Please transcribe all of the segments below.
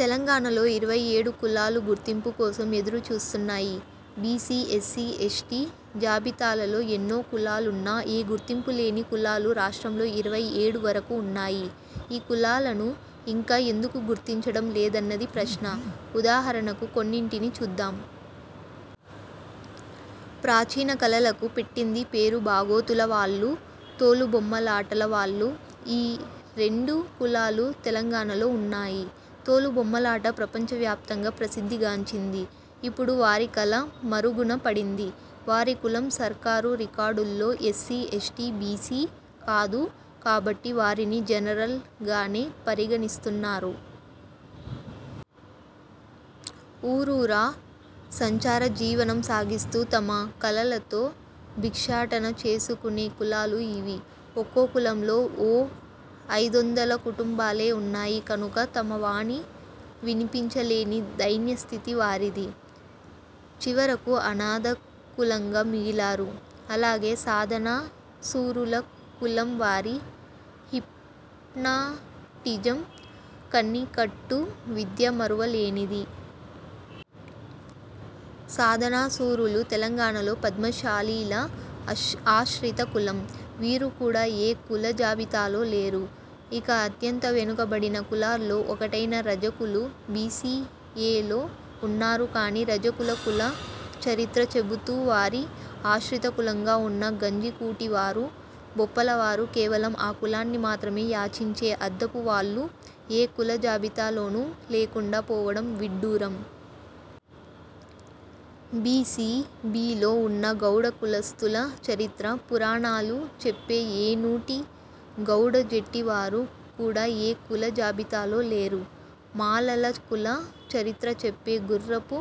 తెలంగాణలో ఇరవై ఏడు కులాలు గుర్తింపు కోసం ఎదురు చూస్తున్నాయి. బీసీ, ఎస్సీ, ఎస్టీ జాబితాలలో ఎన్నో కులాలున్నా, ఏ గుర్తింపు లేని కులాలు రాష్ట్రంలో ఇరవై ఏడు వరకు ఉన్నాయి. ఈ కులాలను ఇంకా ఎందుకు గుర్తించడం లేదన్నది ప్రశ్న. ఉదాహరణకు కొన్నింటిని చూద్దాం. ప్రాచీన కళలకు పెట్టింది పేరు బాగోతుల వాళ్లు, తోలుబొమ్మలాటల వాళ్లు. ఈ రెండు కులాలు తెలంగాణలో ఉన్నాయి. తోలు బొమ్మలాట ప్రపంచ వ్యాప్తంగా ప్రసిద్ధి గాంచింది. ఇప్పుడు వారి కళ మరుగున పడింది. వారి కులం సర్కారు రికార్డుల్లో ఎస్సీ, ఎస్టీ, బీసీ కాదు కాబట్టి వారిని జనరల్ గానే పరిగణిస్తున్నారు. ఊరూరా సంచార జీవనం సాగిస్తూ తమ కళలతో భిక్షాటన చేసుకునే కులాలు ఇవి. ఒక్కో కులంలో ఓ ఐదొందల కుటుంబాలే ఉన్నాయి కనుక తమ వాణి వినిపించ లేని దైన్య స్థితి వారిది. చివరకు అనాథ కులంగా మిగిలారు. అలాగే, సాదనా సూరుల కులం వారి హిప్నాటిజం, కనికట్టు విద్య మరువ లేనిది. సాదనా సూరులు తెలంగాణలో పద్మశాలీల అశ్ ఆశ్రిత కులం. వీరు కూడా ఏ కుల జాబితాలో లేరు. ఇక అత్యంత వెనుకబడిన కులాల్లో ఒకటైన రజకులు బీసీ ఏలో ఉన్నారు కానీ, రజకుల కుల చరిత్ర చెబుతూ వారి ఆశ్రిత కులంగా ఉన్న గంజి కూటి వారు, బొప్పల వారు, కేవలం ఆ కులాన్ని మాత్రమే యాచించే అద్దపు వాళ్లు ఏ కుల జాబితా లోనూ లేకుండా పోవడం విడ్డూరం. బీసీ, బీలో ఉన్న గౌడ కులస్థుల చరిత్ర, పురాణాలు చెప్పే ఏనూటి, గౌడ జెట్టి వారు కూడా ఏ కుల జాబితాలో లేరు. మాలల కుల చరిత్ర చెప్పే గుర్రపు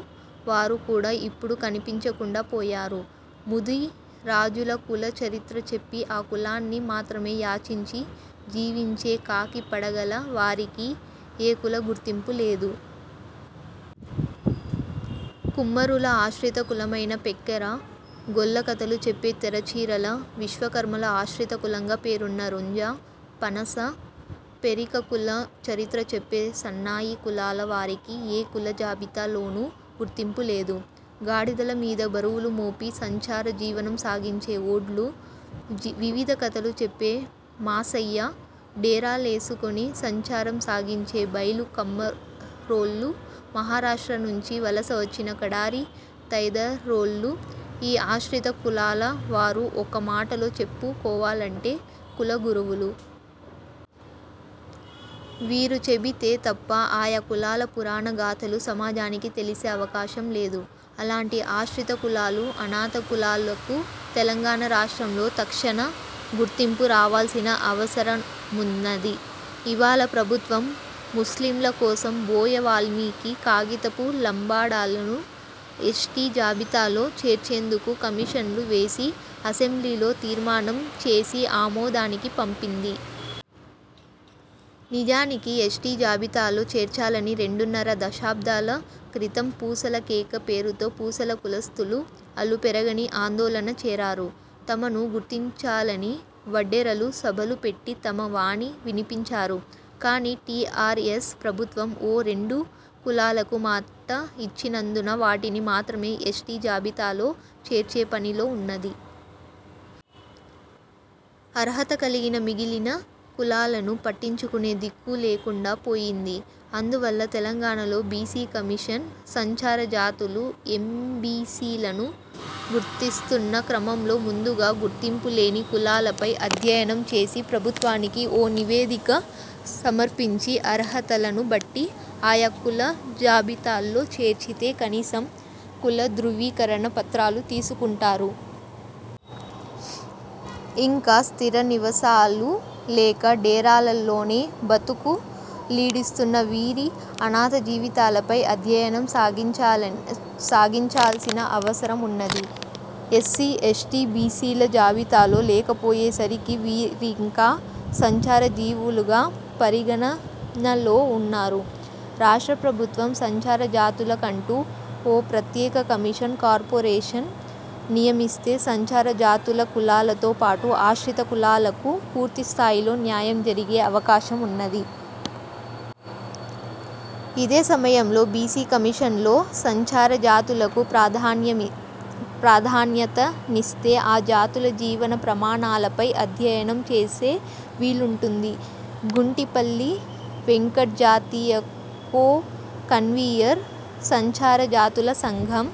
వారు కూడా ఇప్పుడు కనిపించకుండా పోయారు. ముది రాజుల కుల చరిత్ర చెప్పి ఆ కులాన్ని మాత్రమే యాచించి జీవించే కాకి పడగల వారికీ ఏ కుల గుర్తింపు లేదు. కుమ్మరుల ఆశ్రిత కులమైన పెక్కర, గొల్ల కథలు చెప్పే తెర చీరల, విశ్వకర్మల ఆశ్రిత కులంగా పేరున్న రుంజ, పనస, పెరిక కుల చరిత్ర చెప్పే సన్నాయి కులాల వారికి ఏ కుల జాబితా లోనూ గుర్తింపు లేదు. గాడిదల మీద బరువులు మోపి సంచార జీవనం సాగించే ఓడ్లు, వివిధ కథలు చెప్పే మాసయ్య, డేరా లేసుకుని సంచారం సాగించే బైలు కమ్మరోల్లు, మహారాష్ట్ర నుంచి వలస వచ్చిన కడారి తైదరోళ్లు, ఈ ఆశ్రిత కులాల వారు ఒక్క మాటలో చెప్పు కోవాలంటే కుల గురువులు. వీరు చెబితే తప్ప ఆయా కులాల పురాణ గాథలు సమాజానికి తెలిసే అవకాశం లేదు. అలాంటి ఆశ్రిత కులాలు, అనాథ కులాలకు తెలంగాణ రాష్ట్రంలో తక్షణ గుర్తింపు రావాల్సిన అవసరమున్నది. ఇవాళ ప్రభుత్వం ముస్లింల కోసం, బోయ వాల్మీకి, కాగితపు లంబాడలను ఎస్టీ జాబితాలో చేర్చేందుకు కమిషన్లు వేసి, అసెంబ్లీలో తీర్మానం చేసి ఆమోదానికి పంపింది. నిజానికి ఎస్టీ జాబితాలో చేర్చాలని రెండున్నర దశాబ్దాల క్రితం పూసల కేక పేరుతో పూసల కులస్థులు అలుపెరగని ఆందోళన చేరారు. తమనూ గుర్తించాలని వడ్డెరలు సభలు పెట్టి తమ వాణి వినిపించారు. కానీ టీఆర్ఎస్ ప్రభుత్వం ఓ రెండు కులాలకు మాట ఇచ్చినందున వాటిని మాత్రమే ఎస్టీ జాబితాలో చేర్చే పనిలో ఉన్నది. అర్హత కలిగిన మిగిలిన కులాలను పట్టించుకునే దిక్కు లేకుండా పోయింది. అందువల్ల, తెలంగాణ లో బీసీ కమిషన్ సంచార జాతులు, ఎంబీసీలను గుర్తిస్తున్న క్రమంలో ముందుగా గుర్తింపు లేని కులాలపై అధ్యయనం చేసి ప్రభుత్వానికి ఓ నివేదిక సమర్పించి, అర్హతలను బట్టి ఆయా కుల జాబితాల్లో చేర్చితే, కనీసం కుల ధ్రువీకరణ పత్రాలు తీసుకుంటారు. ఇంకా స్థిర నివసాలు లేక, డేరాలలోనే బతుకు లీడిస్తున్న వీరి అనాథ జీవితాలపై అధ్యయనం సాగించాలని సాగించాల్సిన అవసరం ఉన్నది. ఎస్సీ, ఎస్టీ, బీసీల జాబితాలో లేకపోయే సరికి వీరింకా సంచార జీవులుగా పరిగణనలో ఉన్నారు. రాష్ట్ర ప్రభుత్వం సంచార జాతుల కంటూ ఓ ప్రత్యేక కమిషన్, కార్పొరేషన్ నియమిస్తే సంచార జాతుల కులాలతో పాటు ఆశ్రిత కులాలకు పూర్తి స్థాయిలో న్యాయం జరిగే అవకాశం ఉన్నది. ఇదే సమయంలో బీసీ కమిషన్లో సంచార జాతులకు ప్రాధాన్యమి ప్రాధాన్యతనిస్తే ఆ జాతుల జీవన ప్రమాణాలపై అధ్యయనం చేసే వీలుంటుంది. గుంటిపల్లి వెంకట్జాతీయ కో కన్వీయర్, సంచార జాతుల సంఘం